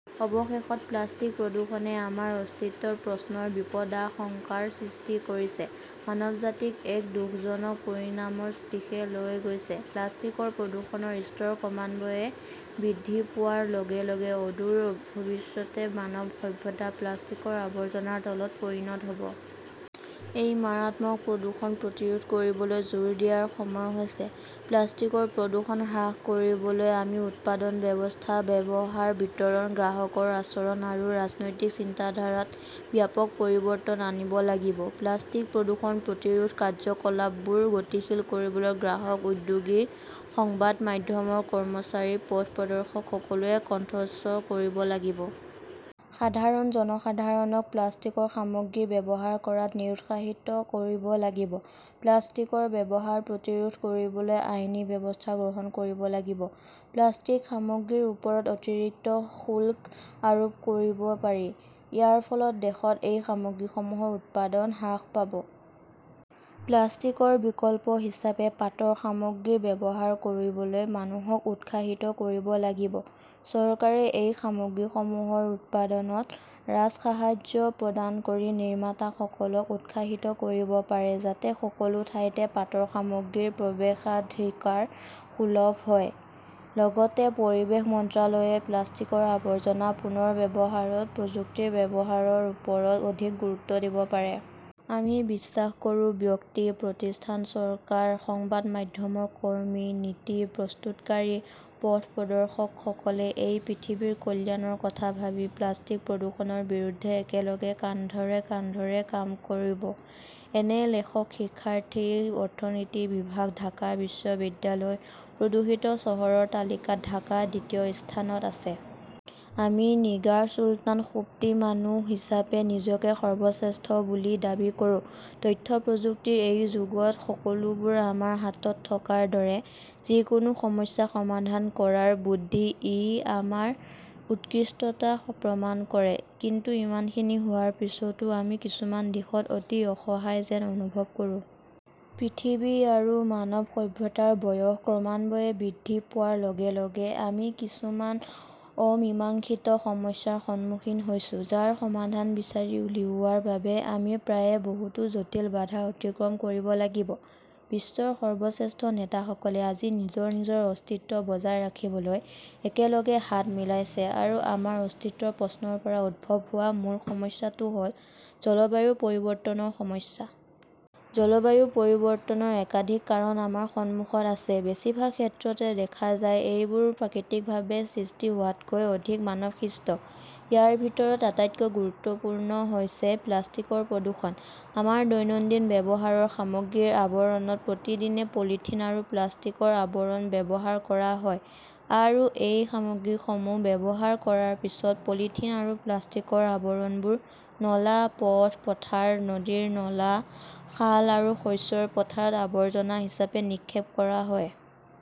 অৱশেষত, প্লাষ্টিক প্ৰদূষণে আমাৰ অস্তিত্বৰ প্ৰশ্নৰ বিপদাশংকাৰ সৃষ্টি কৰিছে, মানৱজাতিক এক দুখজনক পৰিণামৰ দিশে লৈ গৈছে। প্লাষ্টিকৰ প্ৰদূষণৰ স্তৰ ক্ৰমান্বয়ে বৃদ্ধি পোৱাৰ লগে লগে অদূৰ ভৱিষ্যতে মানৱ সভ্যতা প্লাষ্টিকৰ আৱৰ্জনাৰ তলত পৰিণত হ'ব। এই মাৰাত্মক প্ৰদূষণ প্ৰতিৰোধ কৰিবলৈ জোৰ দিয়াৰ সময় হৈছে। প্লাষ্টিকৰ প্ৰদূষণ হ্ৰাস কৰিবলৈ আমি উৎপাদন ব্যৱস্থা, ব্যৱহাৰ, বিতৰণ, গ্ৰাহকৰ আচৰণ আৰু ৰাজনৈতিক চিন্তাধাৰাত ব্যাপক পৰিৱৰ্তন আনিব লাগিব। প্লাষ্টিক প্ৰদূষণ প্ৰতিৰোধ কাৰ্যকলাপবোৰ গতিশীল কৰিবলৈ গ্ৰাহক, উদ্যোগী, সংবাদ মাধ্যমৰ কৰ্মচাৰী, পথ প্ৰদৰ্শক সকলোৱে কণ্ঠস্বৰ কৰিব লাগিব। সাধাৰণ জনসাধাৰণক প্লাষ্টিকৰ সামগ্ৰী ব্যৱহাৰ কৰাত নিৰুৎসাহিত কৰিব লাগিব। প্লাষ্টিকৰ ব্যৱহাৰ প্ৰতিৰোধ কৰিবলৈ আইনী ব্যৱস্থা গ্ৰহণ কৰিব লাগিব। প্লাষ্টিক সামগ্ৰীৰ ওপৰত অতিৰিক্ত শুল্ক আৰোপ কৰিব পাৰি। ইয়াৰ ফলত দেশত এই সামগ্ৰীসমূহৰ উৎপাদন হ্ৰাস পাব। প্লাষ্টিকৰ বিকল্প হিচাপে পাটৰ সামগ্ৰী ব্যৱহাৰ কৰিবলৈ মানুহক উৎসাহিত কৰিব লাগিব। চৰকাৰে এই সামগ্ৰীসমূহৰ উৎপাদনত ৰাজসাহায্য প্ৰদান কৰি নিৰ্মাতাসকলক উৎসাহিত কৰিব পাৰে যাতে সকলো ঠাইতে পাটৰ সামগ্ৰীৰ প্ৰৱেশাধিকাৰ সুলভ হয়। লগতে পৰিৱেশ মন্ত্ৰালয়ে প্লাষ্টিকৰ আৱৰ্জনা পুনৰ্ব্যৱহাৰত প্ৰযুক্তিৰ ব্যৱহাৰৰ ওপৰত অধিক গুৰুত্ব দিব পাৰে। আমি বিশ্বাস কৰোঁ, ব্যক্তি, প্ৰতিষ্ঠান, চৰকাৰ, সংবাদ মাধ্যমৰ কৰ্মী, নীতি প্ৰস্তুতকাৰী, পথ প্ৰদৰ্শকসকলে এই পৃথিৱীৰ কল্যাণৰ কথা ভাবি প্লাষ্টিক প্ৰদূষণৰ বিৰুদ্ধে একেলগে কান্ধৰে কান্ধৰে কাম কৰিব। এন লেখক শিক্ষাৰ্থী, অৰ্থনীতি বিভাগ, ঢাকা বিশ্ববিদ্যালয়। প্ৰদূষিত চহৰৰ তালিকাত ঢাকা দ্বিতীয় স্থানত আছে। আমি নিগাৰ চুলতান সুপ্তি মানুহ হিচাপে নিজকে সৰ্বশ্ৰেষ্ঠ বুলি দাবী কৰোঁ। তথ্য প্ৰযুক্তিৰ এই যুগত সকলোবোৰ আমাৰ হাতত থকাৰ দৰে। যিকোনো সমস্যা সমাধান কৰাৰ বুদ্ধিই আমাৰ উৎকৃষ্টতা প্ৰমাণ কৰে। কিন্তু ইমানখিনি হোৱাৰ পিছতো আমি কিছুমান দিশত অতি অসহায় যেন অনুভৱ কৰোঁ। পৃথিৱী আৰু মানৱ সভ্যতাৰ বয়স ক্ৰমান্বয়ে বৃদ্ধি পোৱাৰ লগে লগে আমি কিছুমান অমীমাংসিত সমস্যাৰ সন্মুখীন হৈছো, যাৰ সমাধান বিচাৰি উলিওৱাৰ বাবে আমি প্ৰায়ে বহুতো জটিল বাধা অতিক্ৰম কৰিব লাগিব। বিশ্বৰ সৰ্বশ্ৰেষ্ঠ নেতাসকলে আজি নিজৰ অস্তিত্ব বজাই ৰাখিবলৈ একেলগে হাত মিলাইছে আৰু আমাৰ অস্তিত্বৰ প্ৰশ্নৰ পৰা উদ্ভৱ হোৱা মূল সমস্যাটো হ'ল জলবায়ু পৰিৱৰ্তনৰ সমস্যা। জলবায়ু পৰিৱৰ্তনৰ একাধিক কাৰণ আমাৰ সন্মুখত আছে। বেছিভাগ ক্ষেত্ৰতে দেখা যায় এইবোৰ প্ৰাকৃতিকভাৱে সৃষ্টি হোৱাতকৈ অধিক মানৱসৃষ্ট। ইয়াৰ ভিতৰত আটাইতকৈ গুৰুত্বপূৰ্ণ হৈছে প্লাষ্টিকৰ প্ৰদূষণ। আমাৰ দৈনন্দিন ব্যৱহাৰৰ সামগ্ৰীৰ আৱৰণত প্ৰতিদিনে পলিথিন আৰু প্লাষ্টিকৰ আৱৰণ ব্যৱহাৰ কৰা হয় আৰু এই সামগ্ৰীসমূহ ব্যৱহাৰ কৰাৰ পিছত পলিথিন আৰু প্লাষ্টিকৰ আৱৰণবোৰ নলা, পথ, পথাৰ, নদীৰ নলা, খাল আৰু শস্যৰ পথাৰত আৱৰ্জনা হিচাপে নিক্ষেপ কৰা হয়।